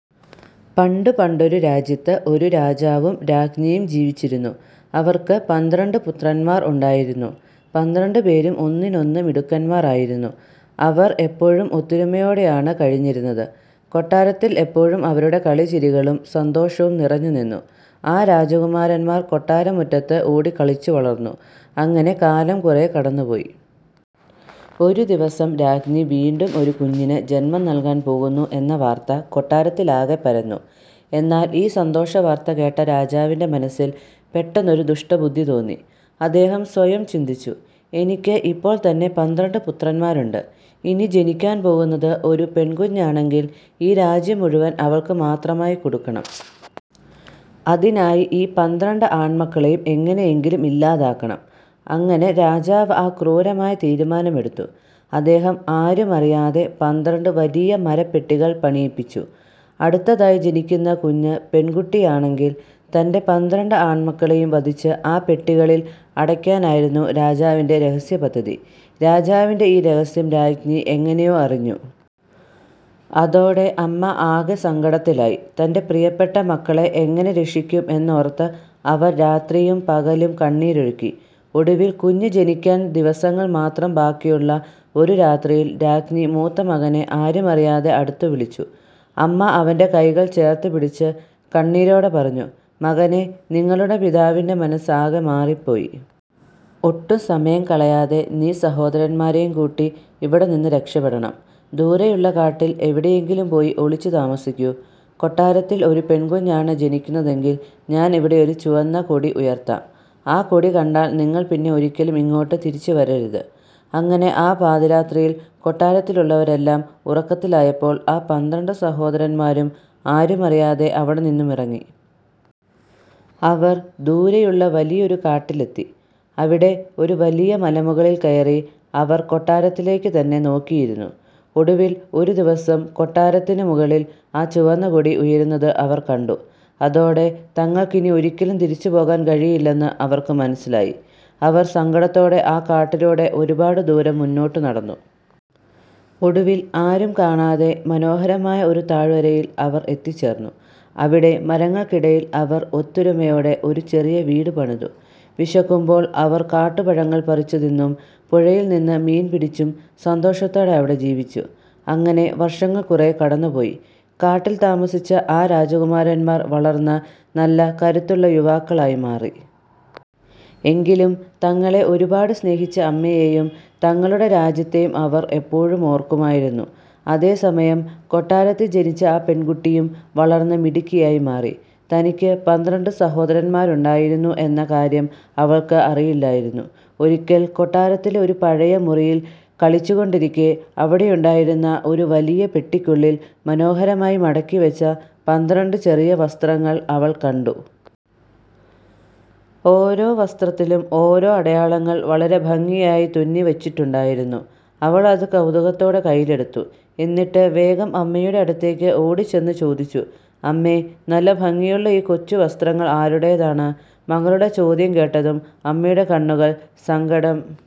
പണ്ട് പണ്ടൊരു രാജ്യത്ത് ഒരു രാജാവും രാജ്ഞിയും ജീവിച്ചിരുന്നു. അവർക്ക് പന്ത്രണ്ട് പുത്രന്മാർ ഉണ്ടായിരുന്നു. പന്ത്രണ്ടുപേരും ഒന്നിനൊന്ന് മിടുക്കന്മാർ ആയിരുന്നു. അവർ എപ്പോഴും ഒത്തൊരുമയോടെയാണ് കഴിഞ്ഞിരുന്നത്. കൊട്ടാരത്തിൽ എപ്പോഴും അവരുടെ കളിചിരികളും സന്തോഷവും നിറഞ്ഞുനിന്നു. ആ രാജകുമാരന്മാർ കൊട്ടാരമുറ്റത്ത് ഓടിക്കളിച്ചു വളർന്നു. അങ്ങനെ കാലം കുറേ കടന്നുപോയി. ഒരു ദിവസം, രാജ്ഞി വീണ്ടും ഒരു കുഞ്ഞിന് ജന്മം നൽകാൻ പോകുന്നു എന്ന വാർത്ത കൊട്ടാരത്തിലാകെ പരന്നു. എന്നാൽ, ഈ സന്തോഷവാർത്ത കേട്ട രാജാവിന്റെ മനസ്സിൽ പെട്ടെന്നൊരു ദുഷ്ടബുദ്ധി തോന്നി. അദ്ദേഹം സ്വയം ചിന്തിച്ചു: "എനിക്ക് ഇപ്പോൾ തന്നെ പന്ത്രണ്ട് പുത്രന്മാരുണ്ട്. ഇനി ജനിക്കാൻ പോകുന്നത് ഒരു പെൺകുഞ്ഞാണെങ്കിൽ, ഈ രാജ്യം മുഴുവൻ അവൾക്ക് മാത്രമായി കൊടുക്കണം. അതിനായി ഈ പന്ത്രണ്ട് ആൺമക്കളെയും എങ്ങനെയെങ്കിലും ഇല്ലാതാക്കണം! " അങ്ങനെ രാജാവ് ആ ക്രൂരമായ തീരുമാനമെടുത്തു. അദ്ദേഹം ആരുമറിയാതെ പന്ത്രണ്ട് വലിയ മരപ്പെട്ടികൾ പണിയിപ്പിച്ചു. അടുത്തതായി ജനിക്കുന്ന കുഞ്ഞ് പെൺകുട്ടിയാണെങ്കിൽ, തന്റെ പന്ത്രണ്ട് ആൺമക്കളെയും വധിച്ച് ആ പെട്ടികളിൽ അടയ്ക്കാനായിരുന്നു രാജാവിന്റെ രഹസ്യ പദ്ധതി. രാജാവിന്റെ ഈ രഹസ്യം രാജ്ഞി എങ്ങനെയോ അറിഞ്ഞു. അതോടെ അമ്മ ആകെ സങ്കടത്തിലായി. തന്റെ പ്രിയപ്പെട്ട മക്കളെ എങ്ങനെ രക്ഷിക്കും എന്നോർത്ത് അവർ രാത്രിയും പകലും കണ്ണീരൊഴുക്കി. ഒടുവിൽ, കുഞ്ഞ് ജനിക്കാൻ ദിവസങ്ങൾ മാത്രം ബാക്കിയുള്ള ഒരു രാത്രിയിൽ, രാജ്ഞി മൂത്തമകനെ ആരുമറിയാതെ അടുത്തു വിളിച്ചു. അമ്മ അവന്റെ കൈകൾ ചേർത്തുപിടിച്ച് കണ്ണീരോടെ പറഞ്ഞു: "മകനേ, നിങ്ങളുടെ പിതാവിന്റെ മനസ്സ് ആകെ മാറിപ്പോയി. ഒട്ടും സമയം കളയാതെ നീ സഹോദരന്മാരെയും കൂട്ടി ഇവിടെനിന്ന് രക്ഷപ്പെടണം! ദൂരെയുള്ള കാട്ടിൽ എവിടെയെങ്കിലും പോയി ഒളിച്ചു താമസിക്കൂ. കൊട്ടാരത്തിൽ ഒരു പെൺകുഞ്ഞാണ് ജനിക്കുന്നതെങ്കിൽ ഞാൻ ഇവിടെയൊരു ചുവന്ന കൊടി ഉയർത്താം. ആ കൊടി കണ്ടാൽ നിങ്ങൾ പിന്നെ ഒരിക്കലും ഇങ്ങോട്ട് തിരിച്ചു വരരുത്! " അങ്ങനെ ആ പാതിരാത്രിയിൽ, കൊട്ടാരത്തിലുള്ളവരെല്ലാം ഉറക്കത്തിലായപ്പോൾ ആ പന്ത്രണ്ട് സഹോദരന്മാരും ആരുമറിയാതെ അവിടെനിന്നും ഇറങ്ങി. അവർ ദൂരെയുള്ള വലിയൊരു കാട്ടിലെത്തി. അവിടെ ഒരു വലിയ മലമുകളിൽ കയറി അവർ കൊട്ടാരത്തിലേക്ക് തന്നെ നോക്കിയിരുന്നു. ഒടുവിൽ ഒരു ദിവസം, കൊട്ടാരത്തിന് മുകളിൽ ആ ചുവന്ന കൊടി ഉയരുന്നത് അവർ കണ്ടു! അതോടെ തങ്ങൾക്ക് ഇനി ഒരിക്കലും തിരിച്ചുപോകാൻ കഴിയില്ലെന്ന് അവർക്ക് മനസ്സിലായി. അവർ സങ്കടത്തോടെ ആ കാട്ടിലൂടെ ഒരുപാട് ദൂരം മുന്നോട്ട് നടന്നു. ഒടുവിൽ ആരും കാണാത്ത, മനോഹരമായ ഒരു താഴ്വരയിൽ അവർ എത്തിച്ചേർന്നു. അവിടെ മരങ്ങൾക്കിടയിൽ അവർ ഒത്തൊരുമയോടെ ഒരു ചെറിയ വീട് പണിതു. വിശക്കുമ്പോൾ അവർ കാട്ടുപഴങ്ങൾ പറിച്ചു തിന്നും, പുഴയിൽ നിന്ന് മീൻ പിടിച്ചും സന്തോഷത്തോടെ അവിടെ ജീവിച്ചു. അങ്ങനെ വർഷങ്ങൾ കുറേ കടന്നുപോയി. കാട്ടിൽ താമസിച്ച ആ രാജകുമാരന്മാർ വളർന്ന് നല്ല കരുത്തുള്ള യുവാക്കളായി മാറി. എങ്കിലും തങ്ങളെ ഒരുപാട് സ്നേഹിച്ച അമ്മയെയും തങ്ങളുടെ രാജ്യത്തെയും അവർ എപ്പോഴും ഓർക്കുമായിരുന്നു. അതേസമയം, കൊട്ടാരത്തിൽ ജനിച്ച ആ പെൺകുട്ടിയും വളർന്ന് മിടുക്കിയായി മാറി. തനിക്ക് പന്ത്രണ്ട് സഹോദരന്മാരുണ്ടായിരുന്നു എന്ന കാര്യം അവൾക്ക് അറിയില്ലായിരുന്നു. ഒരിക്കൽ കൊട്ടാരത്തിലെ ഒരു പഴയ മുറിയിൽ കളിച്ചുകൊണ്ടിരിക്കെ, അവിടെയുണ്ടായിരുന്ന ഒരു വലിയ പെട്ടിക്കുള്ളിൽ മനോഹരമായി മടക്കിവച്ച പന്ത്രണ്ട് ചെറിയ വസ്ത്രങ്ങൾ അവൾ കണ്ടു! ഓരോ വസ്ത്രത്തിലും ഓരോ അടയാളങ്ങൾ വളരെ ഭംഗിയായി തുന്നി വച്ചിട്ടുണ്ടായിരുന്നു. അവളത് കൗതുകത്തോടെ കൈയിലെടുത്തു. എന്നിട്ട് വേഗം അമ്മയുടെ അടുത്തേക്ക് ഓടിച്ചെന്ന് ചോദിച്ചു: "അമ്മേ, നല്ല ഭംഗിയുള്ള ഈ കൊച്ചു വസ്ത്രങ്ങൾ ആരുടേതാണ്? " മകളുടെ ചോദ്യം കേട്ടതും അമ്മയുടെ കണ്ണുകൾ സങ്കടം